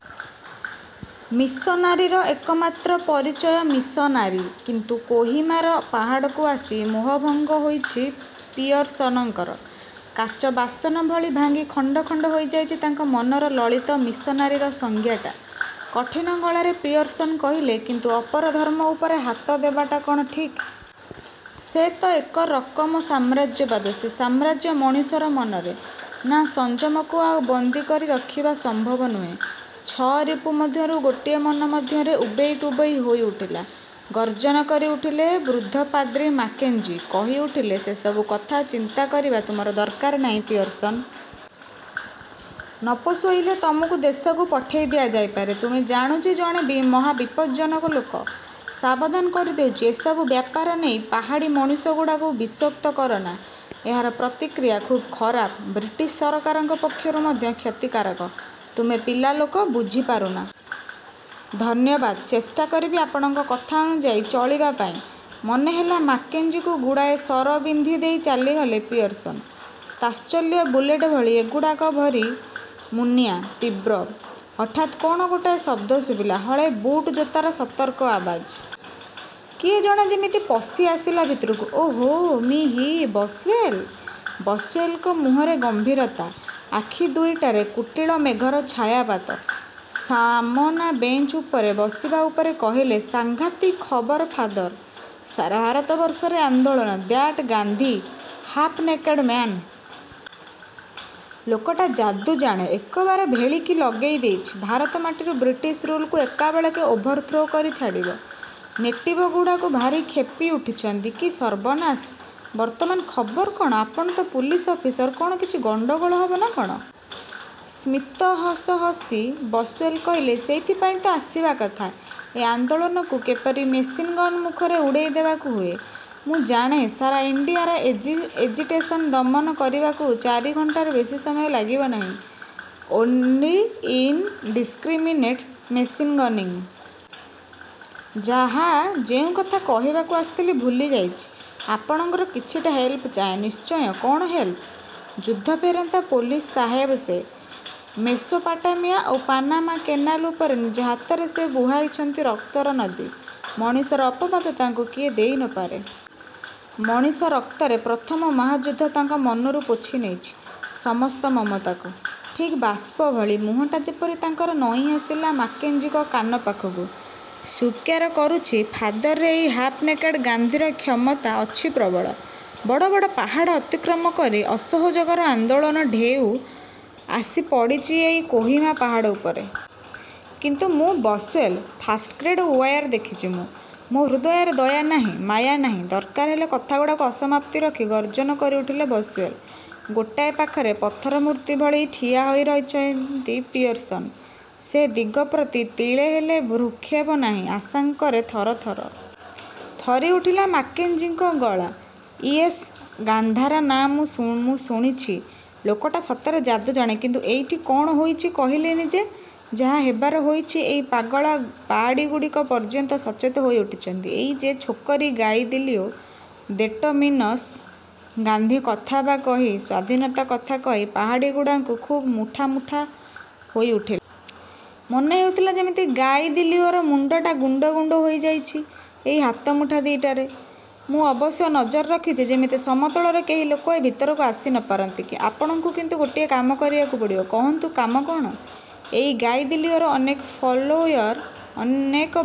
ମିଶନାରୀର ଏକମାତ୍ର ପରିଚୟ ମିଶନାରୀ। କିନ୍ତୁ କୋହିମାର ପାହାଡ଼କୁ ଆସି ମୋହଭଙ୍ଗ ହୋଇଚି ପିୟର୍ସନଙ୍କର। କାଚବାସନ ଭଳି ଭାଙ୍ଗି ଖଣ୍ଡ ଖଣ୍ଡ ହୋଇଯାଇଚି ତାଙ୍କ ମନର ଲଳିତ ମିଶନାରୀର ସଂଜ୍ଞାଟା। କଠିନ ଗଳାରେ ପିୟର୍ସନ କହିଲେ–କିନ୍ତୁ ଅପର ଧର୍ମ ଉପରେ ହାତ ଦେବାଟା କ'ଣ ଠିକ୍? ସେ ତ ଏକରକମ ସାମ୍ରାଜ୍ୟବାଦ। ସେ ସାମ୍ରାଜ୍ୟ ମଣିଷର ମନରେ। ନାଁ'–ସଂଯମକୁ ଆଉ ବନ୍ଦୀ କରି ରଖିବା ସମ୍ଭବ ନୁହେଁ। ଛଅ ରିପୁ ମଧ୍ୟରୁ ଗୋଟିଏ ମନ ମଧ୍ୟରେ ଉବେଇ ଟୁବେଇ ହୋଇଉଠିଲା। ଗର୍ଜନ କରି ଉଠିଲେ ବୃଦ୍ଧ ପାଦ୍ରୀ ମାକେଞ୍ଜି। କହିଉଠିଲେ–ସେସବୁ କଥା ଚିନ୍ତା କରିବା ତୁମର ଦରକାର ନାହିଁ ପିୟର୍ସନ! ନ ପୋଷଇଲେ ତମକୁ ଦେଶକୁ ପଠେଇ ଦିଆଯାଇପାରେ। ତୁମେ, ଜାଣୁଚି ଜଣେ ମହାବିପଜ୍ଜନକ ଲୋକ। ସାବଧାନ କରି ଦେଉଚି, ଏସବୁ ବ୍ୟାପାର ନେଇ ପାହାଡ଼ୀ ମଣିଷଗୁଡ଼ାକୁ ବିଷୋକ୍ତ କରନା। ଏହାର ପ୍ରତିକ୍ରିୟା ଖୁବ୍ ଖରାପ। ବ୍ରିଟିଶ ସରକାରଙ୍କ ପକ୍ଷରୁ ମଧ୍ୟ କ୍ଷତିକାରକ। ତୁମେ ପିଲାଲୋକ, ବୁଝିପାରୁନା। –ଧନ୍ୟବାଦ। ଚେଷ୍ଟା କରିବି ଆପଣଙ୍କ କଥା ଅନୁଯାୟୀ ଚଳିବା ପାଇଁ। ମନେ ହେଲା ମାକେଞ୍ଜିକୁ ଗୁଡ଼ାଏ ଶର ବିନ୍ଧି ଦେଇ ଚାଲିଗଲେ ପିୟର୍ସନ। ତାତ୍ସଲ୍ୟ–ବୁଲେଟ ଭଳି ଏଗୁଡ଼ାକ ଭାରି ମୁନିଆ, ତୀବ୍ର। ହଠାତ୍ କ'ଣ ଗୋଟାଏ ଶବ୍ଦ ଶୁଭିଲା। ହଳେ ବୁଟ୍ ଜୋତାର ସତର୍କ ଆବାଜ। କିଏ ଜଣେ ଯେମିତି ପଶି ଆସିଲା ଭିତରକୁ। ଓଃ ମିଃ ବସ୍ଓ୍ୱେଲ। ବସଓ୍ୱେଲଙ୍କ ମୁହଁରେ ଗମ୍ଭୀରତା। ଆଖି ଦୁଇଟାରେ କୁଟୀଳ ମେଘର ଛାୟାପାତ। ସାମନା ବେଞ୍ଚ ଉପରେ ବସିବା ପରେ କହିଲେ–ସାଘାଂତିକ ଖବର ଫାଦର! ସାରା ଭାରତବର୍ଷରେ ଆନ୍ଦୋଳନ। That Gandhi. Half naked man. ଲୋକଟା ଯାଦୁ ଜାଣେ। ଏକବାରେ ଭେଳିକି ଲଗେଇ ଦେଇଚି। ଭାରତ ମାଟିରୁ ବ୍ରିଟିଶ ରୁଲକୁ ଏକାବେଳକେ ଓଭରଥ୍ରୋ କରି ଛାଡ଼ିବ। ନେଟିବଗୁଡ଼ାକ ଭାରି କ୍ଷେପି ଉଠିଚନ୍ତି। –କି ସର୍ବନାଶ! ବର୍ତ୍ତମାନ ଖବର କ'ଣ? ଆପଣ ତ ପୁଲିସ ଅଫିସର। କ'ଣ କିଛି ଗଣ୍ଡଗୋଳ ହବ ନା କ'ଣ? ସ୍ମିତ ହସ ହସି ବସଓ୍ୱେଲ କହିଲେ–ସେଇଥିପାଇଁ ତ ଆସିବା କଥା। ଏ ଆନ୍ଦୋଳନକୁ କିପରି ମେସିନ୍ ଗନ୍ ମୁଖରେ ଉଡ଼େଇ ଦେବାକୁ ହୁଏ। ମୁଁ ଜାଣେ, ସାରା ଇଣ୍ଡିୟାର ଏଜିଟେସନ୍ ଦମନ କରିବାକୁ ଚାରି ଘଣ୍ଟାରୁ ବେଶି ସମୟ ଲାଗିବ ନାହିଁ। Only indiscriminate machine gunning. ଯାଃ, ଯେଉଁ କଥା କହିବାକୁ ଆସିଥିଲି, ଭୁଲିଯାଇଚି। ଆପଣଙ୍କର କିଛିଟା ହେଲ୍ପ ଚାହେଁ। –ନିଶ୍ଚୟ, କ'ଣ ହେଲପ? ଯୁଦ୍ଧଫେରନ୍ତା ପୋଲିସ ସାହେବ ସେ। ମେସୋପାଟାମିଆ ଓ ପାନାମା କେନାଲ ଉପରେ ନିଜ ହାତରେ ସେ ବୁହାଇଛନ୍ତି ରକ୍ତର ନଦୀ। ମଣିଷର ଅପବାଦ ତାଙ୍କୁ କିଏ ଦେଇ ନ ପାରେ। ମଣିଷର ରକ୍ତରେ ପ୍ରଥମ ମହାଯୁଦ୍ଧ ତାଙ୍କ ମନରୁ ପୋଛିନେଇଛି ସମସ୍ତ ମମତାକୁ। ଠିକ୍ ବାଷ୍ପ ଭଳି। ମୁହଁଟା ଯେପରି ତାଙ୍କର ନଇଁଆସିଲା ମାକେଞ୍ଜିଙ୍କ କାନ ପାଖକୁ। ସ୍ୱୀକାର କରୁଛି ଫାଦର ଏଇ ହାଫ ନେକେଡ଼ ଗାନ୍ଧୀର କ୍ଷମତା ଅଛି ପ୍ରବଳ। ବଡ଼ ବଡ଼ ପାହାଡ଼ ଅତିକ୍ରମ କରି ଅସହଯୋଗର ଆନ୍ଦୋଳନ–ଢେଉ ଆସିପଡ଼ିଛି ଏଇ କୋହିମା ପାହାଡ଼ ଉପରେ। କିନ୍ତୁ ମୁଁ ବସଓ୍ୱେଲ! ଫାଷ୍ଟଗ୍ରେଡ଼ ଉୟାର ଦେଖିଛି ମୁଁ। ମୋ ହୃଦୟରେ ଦୟାନାହିଁ, ମାୟା ନାହିଁ। ଦରକାର ହେଲେ କଥାଗୁଡ଼ାକୁ ଅସମାପ୍ତି ରଖି ଗର୍ଜନ କରିଉଠିଲେ ବସଓ୍ୱେୟଲ। ଗୋଟାଏ ପାଖରେ ପଥରମୂର୍ତ୍ତି ଭଳି ଠିଆ ହୋଇରହିଛନ୍ତି ପିୟର୍ସନ। ସେଦିଗ ପ୍ରତି ତିଳେହେଲେ ଭ୍ରୁକ୍ଷେପ ନାହିଁ। ଆଶଙ୍କାରେ ଥର ଥର। ଥରି ଉଠିଲା ମାକେଞ୍ଜିଙ୍କ ଗଳା। –ଇୟେସ୍, ଗାନ୍ଧାର ନାଁ ମୁଁ ଶୁଣିଛି, ଲୋକଟା ସତରେ ଯାଦୁଜାଣେ, କିନ୍ତୁ ଏଇଠି କଣ ହୋଇଛି କହିଲେନି ଯେ– –ଯାହା ହେବାର ହୋଇଛି, ଏଇ ପାଗଳା ପାହାଡ଼ୀଗୁଡ଼ାକ ପର୍ଯ୍ୟନ୍ତ ସଚେତ ହୋଇଉଠିଛନ୍ତି। ଏଇ ଯେ ଛୋକରୀ ଗାଇଦିଲିଓ, ଦେଟ ମିନସ ଗାନ୍ଧୀ କଥାବା କହି, ସ୍ୱାଧୀନତା କଥା କହି ପାହାଡ଼ୀଗୁଡ଼ାଙ୍କୁ ଖୁବ୍ ମୁଠା ମୁଠା ହୋଇଉଠିଲା। ମନେ ହେଉଥିଲା ଯେମିତି ଗାଇଦିଲିଓର ମୁଣ୍ଡଟା ଗୁଣ୍ଡ ଗୁଣ୍ଡ ହୋଇଯାଉଛି ଏଇ ହାତମୁଠା ଦୁଇଟାରେ। ମୁଁ ଅବଶ୍ୟ ନଜର ରଖିଛି ଯେମିତି ସମତଳର କେହି ଲୋକ ଏ ଭିତରକୁ ଆସି ନ ପାରନ୍ତି। ଆପଣଙ୍କୁ କିନ୍ତୁ ଗୋଟିଏ କାମ କରିବାକୁ ପଡ଼ିବ। –କହନ୍ତୁ କାମ କଣ? –ଏଇ। ଗାଇଦିଲିଓର ଅନେକ ଫଲୋୟର, ଅନେକ ଭକ୍ତ।